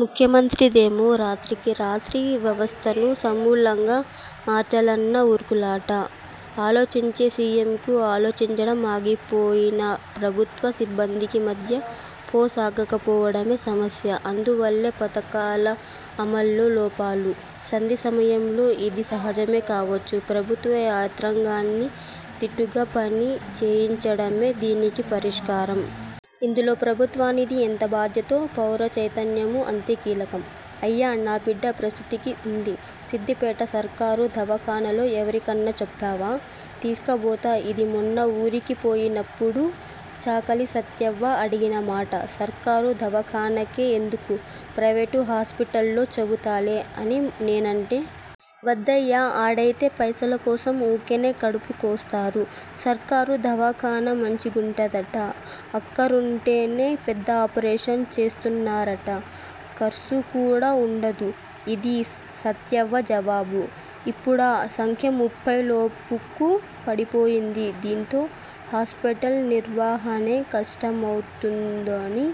ముఖ్యమంత్రిదేమో రాత్రికి రాత్రి వ్యవస్థను సమూలంగా మార్చాలన్న ఉరుకులాట! ఆలోచించే సీఎంకు, ఆలోచించడం ఆగిపోయిన ప్రభుత్వ సిబ్బందికి మధ్య పో సగకపోవడమే సమస్య. అందువల్లే పథకాల అమల్లో లోపాలు. సంధి సమయంలో ఇది సహజమే కావచ్చు. ప్రభుత్వ యంత్రాంగాన్ని దీటుగా పని చేయించడమే దీనికి పరిష్కారం. ఇందులో ప్రభుత్వానిది ఎంత బాధ్యతో, పౌర చైతన్యమూ అంతే కీలకం. ''అయ్యా.. నా బిడ్డ ప్రసూతికి ఉంది. సిద్దిపేట సర్కారు దవాఖానలో ఎవరికన్న చెప్పవా? తీస్కపోత'' ఇది మొన్న ఊరికి పోయినప్పడు చాకలి సత్తెవ్వ అడిగిన మాట. ''సర్కారు దవాఖానకే ఎందుకు? ప్రైవేటు హాస్పిటల్లో చెబుతాలే'' అని నేనంటే. ''వద్దయ్యా. ఆడైతే పైసల కోసం ఊకెనే కడుపు కోస్తరు. సర్కారు దవాఖాన మంచిగుందట. అక్కరుంటేనే పెద్దాపరేషన్ చేస్తన్నరట. కర్సు కూడా ఉండదు'' ఇది సత్తెవ్వ జవాబు. ఇప్పుడా సంఖ్య ముప్పై లోపుకు పడిపోయింది దీంతో హాస్పిటల్ నిర్వహణే కష్టమవుతోందని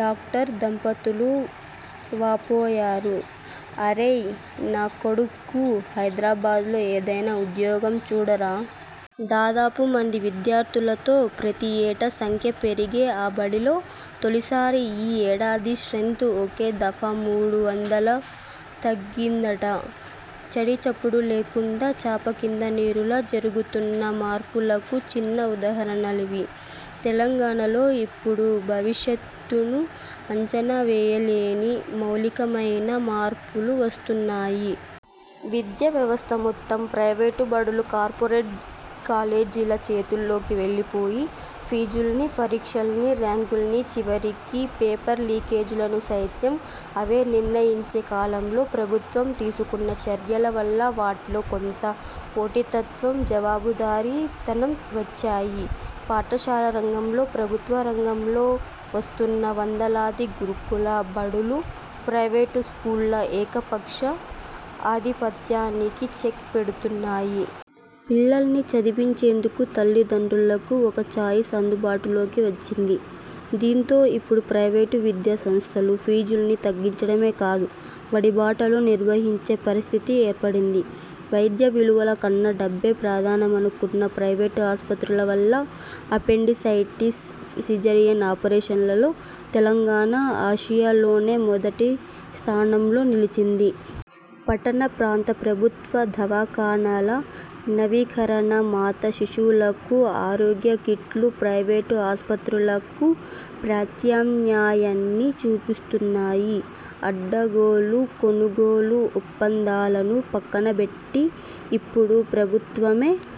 డాక్టర్ దంపతులు వాపోయారు. ''అరేయ్.. నా కొడుక్కు హైదరాబాద్లో ఏదైనా ఉద్యోగం చూడరా? దాదాపు మంది విద్యార్థులతో, ప్రతి ఏటా సంఖ్య పెరిగే ఆ బడిలో, తొలిసారి ఈ ఏడాది స్ర్టెంత్ ఒకే దఫా మూడు వందలు తగ్గిందట! చడీచప్పుడు లేకుండా, చాపకింద నీరులా జరుగుతున్న మార్పులకు చిన్న ఉదాహరణలివి. తెలంగాణలో ఇప్పుడు 'భవిష్యత్తును అంచనా వేయలేని' మౌలికమైన మార్పులు వస్తున్నాయి. విద్యావ్యవస్థ మొత్తం ప్రైవేటు బడులు, కార్పొరేట్ కాలేజీల చేతుల్లోకి వెళ్లిపోయి, ఫీజుల్ని, పరీక్షల్ని, ర్యాంకుల్ని, చివరికి పేపర్ లీకేజీలను సైతం అవే నిర్ణయించే కాలంలో ప్రభుత్వం తీసుకున్న చర్యల వల్ల వాటిలో కొంత పోటీతత్వం, జవాబుదారీ తనం వచ్చాయి. పాఠశాల రంగంలో ప్రభుత్వ రంగంలో వస్తున్న వందలాది గురుకుల బడులు ప్రైవేటు స్కూళ్ల ఏకపక్ష ఆధిపత్యానికి చెక్ పెడుతున్నాయి. పిల్లల్ని చదివించేందుకు తల్లిదండ్రులకు ఒక 'చాయిస్' అందుబాటులోకి వచ్చింది. దీంతో ఇప్పుడు ప్రైవేటు విద్యా సంస్థలు ఫీజుల్ని తగ్గించడమే కాదు బడి బాటలు నిర్వహించే పరిస్థితి ఏర్పడింది. వైద్య విలువల కన్నా డబ్బే ప్రధానమనుకున్న ప్రైవేటు ఆస్పత్రుల వల్ల, అపెండిసైటిస్, సిజేరియన్ ఆపరేషన్లలో తెలంగాణ ఆసియాలోనే మొదటి స్థానంలో నిలిచింది. పట్టణ ప్రాంత ప్రభుత్వ దవాఖానాల నవీకరణ, మాతా శిశువులకు ఆరోగ్య కిట్లు ప్రైవేటు ఆస్పత్రులకు ప్రత్యామ్నాయాన్ని చూపిస్తున్నాయి. అడ్డగోలు కొనుగోలు ఒప్పందాలను పక్కనబెట్టి ఇప్పుడు ప్రభుత్వమే